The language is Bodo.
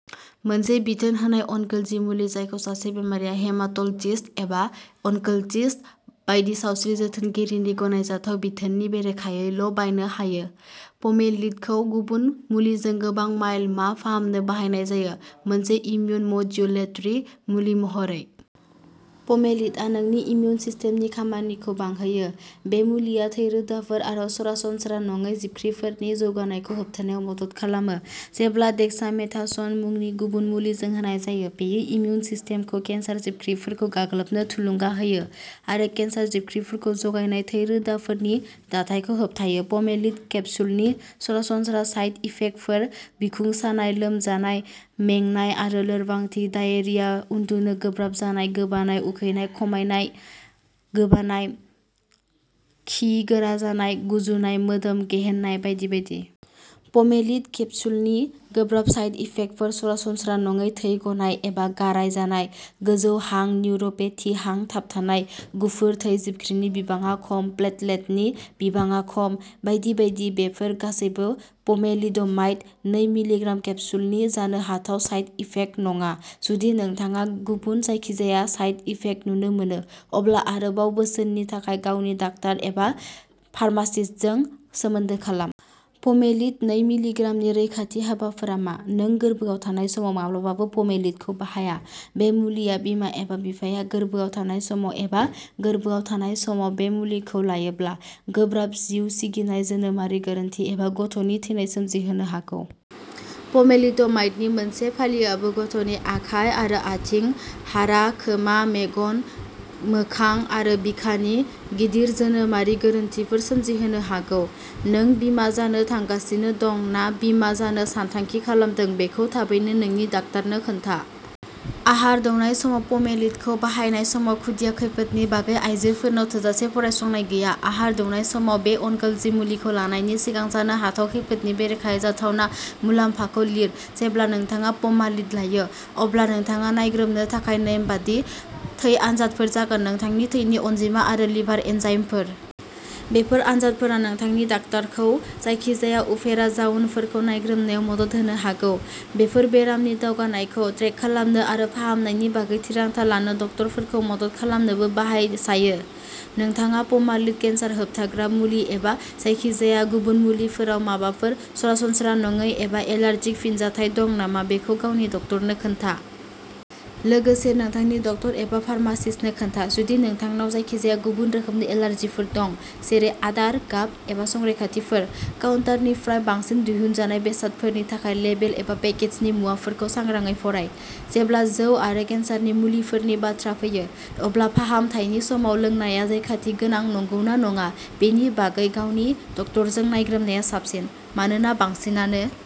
मोनसे बिथोन होनाय अनकोलजि मुलि जायखौ सासे बेरामिया हेमाट'लजिस्ट एबा अनकोलजिस्ट बायदि सावस्रि जोथोनगिरिनि गनायजाथाव बिथोननि बेरेखायैल'बायनो हायो। पमेलिड खौ गुबुन मुलिजों गोबां मायल मा फाहामनो बाहायनाय जायो। मोनसे इम्युन मड्युलेटरि मुलि महरै पमेलिड आ नोंनि इमिउन सिस्टेमनि खामानिखौ बांहोयो बे मुलिआ थै रोदाफोर आरो सरासनस्रा नङै जिबख्रिफोरनि जौगानायखौ होबथानायाव मदद खालामो जेब्ला डेक्सामेथास'न मुंनि गुबुन मुलिजों होनाय जायो बेयो इमिउन सिस्टेमखौ केन्सार जिबख्रिफोरखौ गाग्लोबनो थुलुंगा होयो आरो केन्सार जिबख्रिफोरखौ जगायनाय थै रोदाफोरनि दाथायखौ होबथायो पमेलिड केप्सुलनि सरासनस्रा साइड इफेक्टफोर बिखुं सानाय लोमजानाय मेंनाय आरो लोरबांथि डायेरिया उन्दुनो गोब्राब जानाय गोबानाय उखैनाय खमायनाय गोबानाय खि गोरा जानाय गुजुनाय मोदोम गेहेननाय बायदि बायदि। पमेलिड केप्सुलनि गोब्राब साइड इफेक्टफोर सरासनस्रा नङै थै गनाय एबा गाराय जानाय गोजौ हां निउर'पेथि हां थाबथानाय गुफुर थै जिबख्रिनि बिबाङा खम प्लेटलेटनि बिबाङा खम बायदि बायदि बेफोर गासैबो पमेलिड'माइड नै मिलि ग्राम केप्सुलनि जानो हाथाव साइड इफेक्ट नङा जुदि नोंथाङा गुबुन जायखिजाया साइड इफेक्ट नुनो मोनो अब्ला आरोबाव बोसोननि थाखाय गावनि डाक्टार एबा फार्मासिस्टजों सोमोन्दो खालाम। पमेलिड नै मिलि ग्राम नि रैखाथि राहाफोरा मा नों गोरबोआव थानाय समाव माब्लाबाबो पमेलिडखौ बाहाया बे मुलिआ बिमा एबा बिफाया गोर्बोआव थानाय समाव एबा गोर्बोआव थानाय समाव बे मुलिखौ लायोब्ला गोब्राब जिउ सिगिनाय जोनोमारि गोरोन्थि एबा गथ'नि थैनाय सोमजिहोनो हागौ। पमेलिड'माइडनि मोनसे फालिआबो गथ'नि आखाइ आरो आथिं हारा खोमा मेगन मोखां आरो बिखानि गिदिर जोनोमारि गोरोन्थिफोर सोमजिहोनो हागौ। नों बिमा जानो थांगासिनो दं ना बिमा जानो सानथांखि खालामदों बेखौ थाबैनो नोंनि डाक्टारनो खोन्था आहार दौनाय समाव पमेलिडखौ बाहायनाय समाव खुदिया खैफोदनि बागै आयजोफोरनाव थोजासे फरायसंनाय गैया आहार दौनाय समाव बे अनकोलजि मुलिखौ लानायनि सिगां जानो हाथाव खैफोदनि बेरेखायै जाथावना मुलाम्फाखौ लिर जेब्ला नोंथाङा पमालिड लायो, अब्ला नोंथाङा नायग्रोमनो थाखाय नेमबादि थै आनजादफोर जागोनः नोंथांनि थैनि अनजिमा आरो लिभार एन्जाइमफोर। बेफोर आनजादफोरा नोंथांनि डाक्टारखौ जायखिजाया उफेरा जाउनफोरखौ नायग्रोमनायाव मदद होनो हागौ। बेफोर बेरामनि दावगानायखौ ट्रेक खालामनो आरो फाहामनायनि बागै थिरांथा लानो डक्टरफोरखौ मदद खालामनोबो बाहाय जायो। नोंथांहा पमालिड केन्सार होबथाग्रा मुलि एबा जायखिजाया गुबुन मुलिफोराव माबाफोर सरासनस्रा नङै एबा एलार्जिक फिनजाथाय दं नामा बेखौ गावनि डक्टरनो खोन्था। लोगोसे नोंथांनि डक्टर एबा फार्मासिस्टनो खोन्था, जुदि नोंथांनाव जायखिजाया गुबुन रोखोमनि एलार्जिफोर दं, जेरै आदार, गाब एबा संरैखाथिफोर। काउन्टारनिफ्राय बांसिन दिहुनजानाय बेसादफोरनि थाखाय, लेबेल एबा पेकेजनि मुवाफोरखौ सांग्राङै फराय। जेब्ला जौ आरो केन्सारनि मुलिफोरनि बाथ्रा फैयो, अब्ला फाहामथायनि समाव लोंनाया रैखाथि गोनां नंगौना नङा बेनि बागै गावनि डक्टरजों नायग्रोमनाया साबसिन। मानोना, बांसिनानो